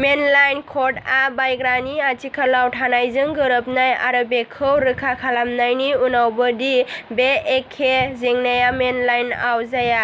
Mainline क'डआ बायग्रानि आथिखालाव थानायजों गोरोबनाय आरो बेखौ रोखा खालामनायनि उनावबो दि बे एखे जेंनाया मेनलाइनआव जाया।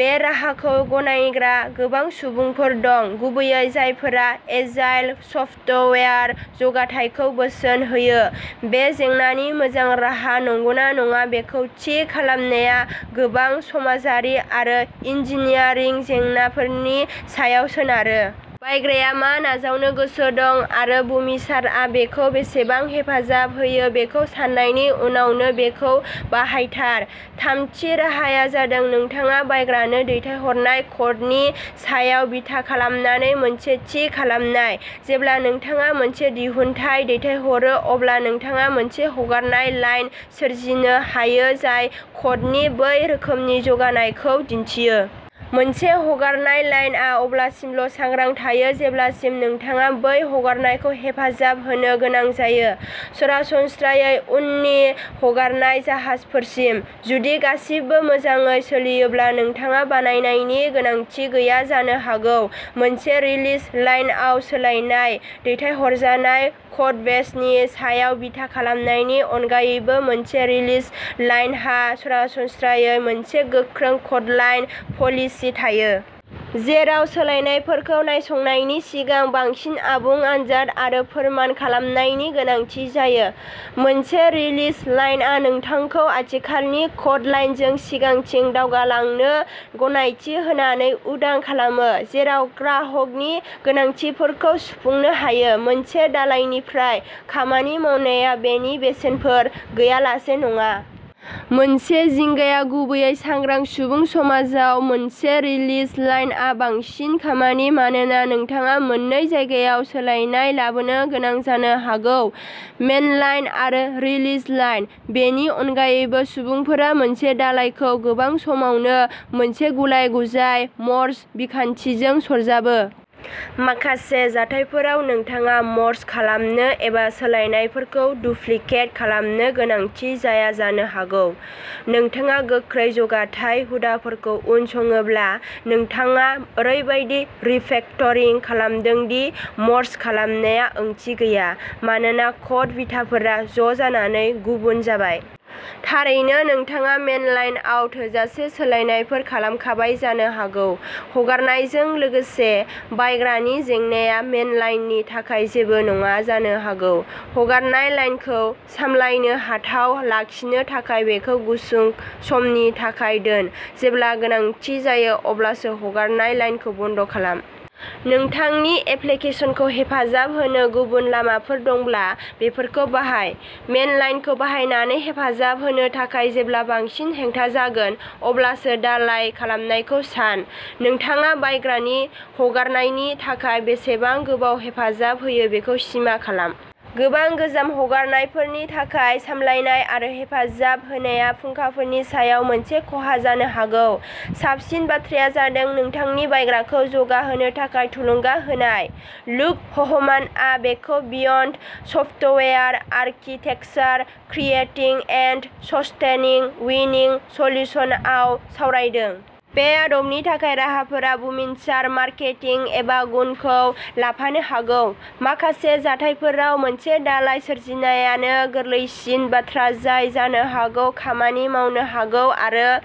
बे राहाखौ गनायग्रा गोबां सुबुंफोर दं। गुबैयै जायफोरा एजाइल सफ्टवेयार जौगाथायखौ बोसोन होयो। बे जेंनानि मोजां राहा नंगौना नङा बेखौ थि खालामनाया गोबां समाजारि आरो इन्जिनियारिं जेंनाफोरनि सायाव सोनारो। बायग्राया मा नाजावनो गोसो दं आरो बुमिनसारआ बेखौ बेसेबां हेफाजाब होयो बेखौ साननायनि उनावनो बेखौ बाहायथार। थामथि राहाया जादों नोंथाङा बायग्रानो दैथायहरनाय क'डनि सायाव बिथा खालामनानै मोनसे थि खालामनाय। जेब्ला नोंथाङा मोनसे दिहुनथाय दैथायहरो अब्ला नोंथाङा मोनसे हगारनाय लाइन सोरजिनो हायो जाय क'डनि बै रोखोमनि जौगानायखौ दिन्थियो। मोनसे हगारनाय लाइनआ अब्लासिमल'सांग्रां थायो जेब्लासिम नोंथाङा बै हगारनायखौ हेफाजाब होनो गोनां जायो। सरासनस्रायै उननि हगारनाय जाहाजफोरसिम। जुदि गासिबो मोजाङै सोलियोब्ला नोंथाङा बानायनायनि गोनांथि गैया जानो हागौ। मोनसे रिलिज लाइनआव सोलायनाय। दैथायहरजानाय कडबेसनि सायाव बिथा खालामनायनि अनगायैबो मोनसे रिलिज लाइनहा सरासनस्रायै मोनसे गोख्रों क'डलाइन पलिसि थायो। जेराव सोलायनायफोरखौ नायसंनायनि सिगां बांसिन आबुं आनजाद आरो फोरमान खालामनायनि गोनांथि जायो। मोनसे रिलिज लाइनआ नोंथांखौ आथिखालनि क'डलाइनजों सिगांथिं दावगालांनो गनायथि होनानै उदां खालामो। जेराव ग्राहकनि गोनांथिफोरखौ सुफुंनो हायो। मोनसे दालायनिफ्राय खामानि मावनाया बेनि बेसेनफोर गैयालासे नङा। मोनसे जिंगाया गुबैयै सांग्रां सुबुं समाजाव मोनसे रिलिज लाइनआ बांसिन खामानि मानोना नोंथाङा मोननै जायगायाव सोलायनाय लाबोनो गोनां जानो हागौ। मेनलाइन आरो रिलिज लाइन। बेनि अनगायैबो, सुबुंफोरा मोनसे दालायखौ गोबां समावनो मोनसे गुलाय-गुजाय मर्ज बिखान्थिजों सरजाबो। माखासे जाथायफोराव नोंथाङा मर्ज खालामनो एबा सोलायनायफोरखौ डुप्लिकेट खालामनो गोनांथि जाया जानो हागौ। नोंथाङा गोख्रै जौगाथाय हुदाफोरखौ उनसङोब्ला नोंथाङा ओरैबादि रिफेक्टरिं खालामदों दि मर्ज खालामनाया ओंथि गैया। मानोना क'ड बिथाफोरा ज'जानानै गुबुन जाबाय। थारैनो नोंथाङा मेनलाइनआव थोजासे सोलायनायफोर खालामखाबाय जानो हागौ। हगारनायजों लोगोसे बायग्रानि जेंनाया मेनलाइननि थाखाय जेबो नङा जानो हागौ। हगारनाय लाइनखौ सामलायनो हाथाव लाखिनो थाखाय बेखौ गुसुं समनि थाखाय दोन। जेब्ला गोनांथि जायो अब्लासो हगारनाय लाइनखौ बन्द खालाम। नोंथांनि एप्लिकेसनखौ हेफाजाब होनो गुबुन लामाफोर दंब्ला बेफोरखौ बाहाय। मेनलाइनखौ बाहायनानै हेफाजाब होनो थाखाय जेब्ला बांसिन हेंथा जागोन अब्लासो दालाइ खालामनायखौ सान। नोंथाङा बायग्रानि हगारनायनि थाखाय बेसेबां गोबाव हेफाजाब होयो बेखौ सिमा खालाम। गोबां गोजाम हगारनायफोरनि थाखाय सामलायनाय आरो हेफाजाब होनाया फुंखाफोरनि सायाव मोनसे खहा जानो हागौ। साबसिन बाथ्राया जादों नोंथांनि बायग्राखौ जौगा होनो थाखाय थुलुंगा होनाय। लुक ह'हमानआ बेखौ beyond software architecture creating and sustaining winning सलुशनसआव सावरायदों। बे आदबनि थाखाय राहाफोरा बुमिनसार मारकेटिं एबा गुनखौ लाफानो हागौ। माखासे जाथायफोराव मोनसे दालाय सोरजिनायानो गोरलैसिन बाथ्रा जाय जानो हागौ खामानि मावनो हागौ आरो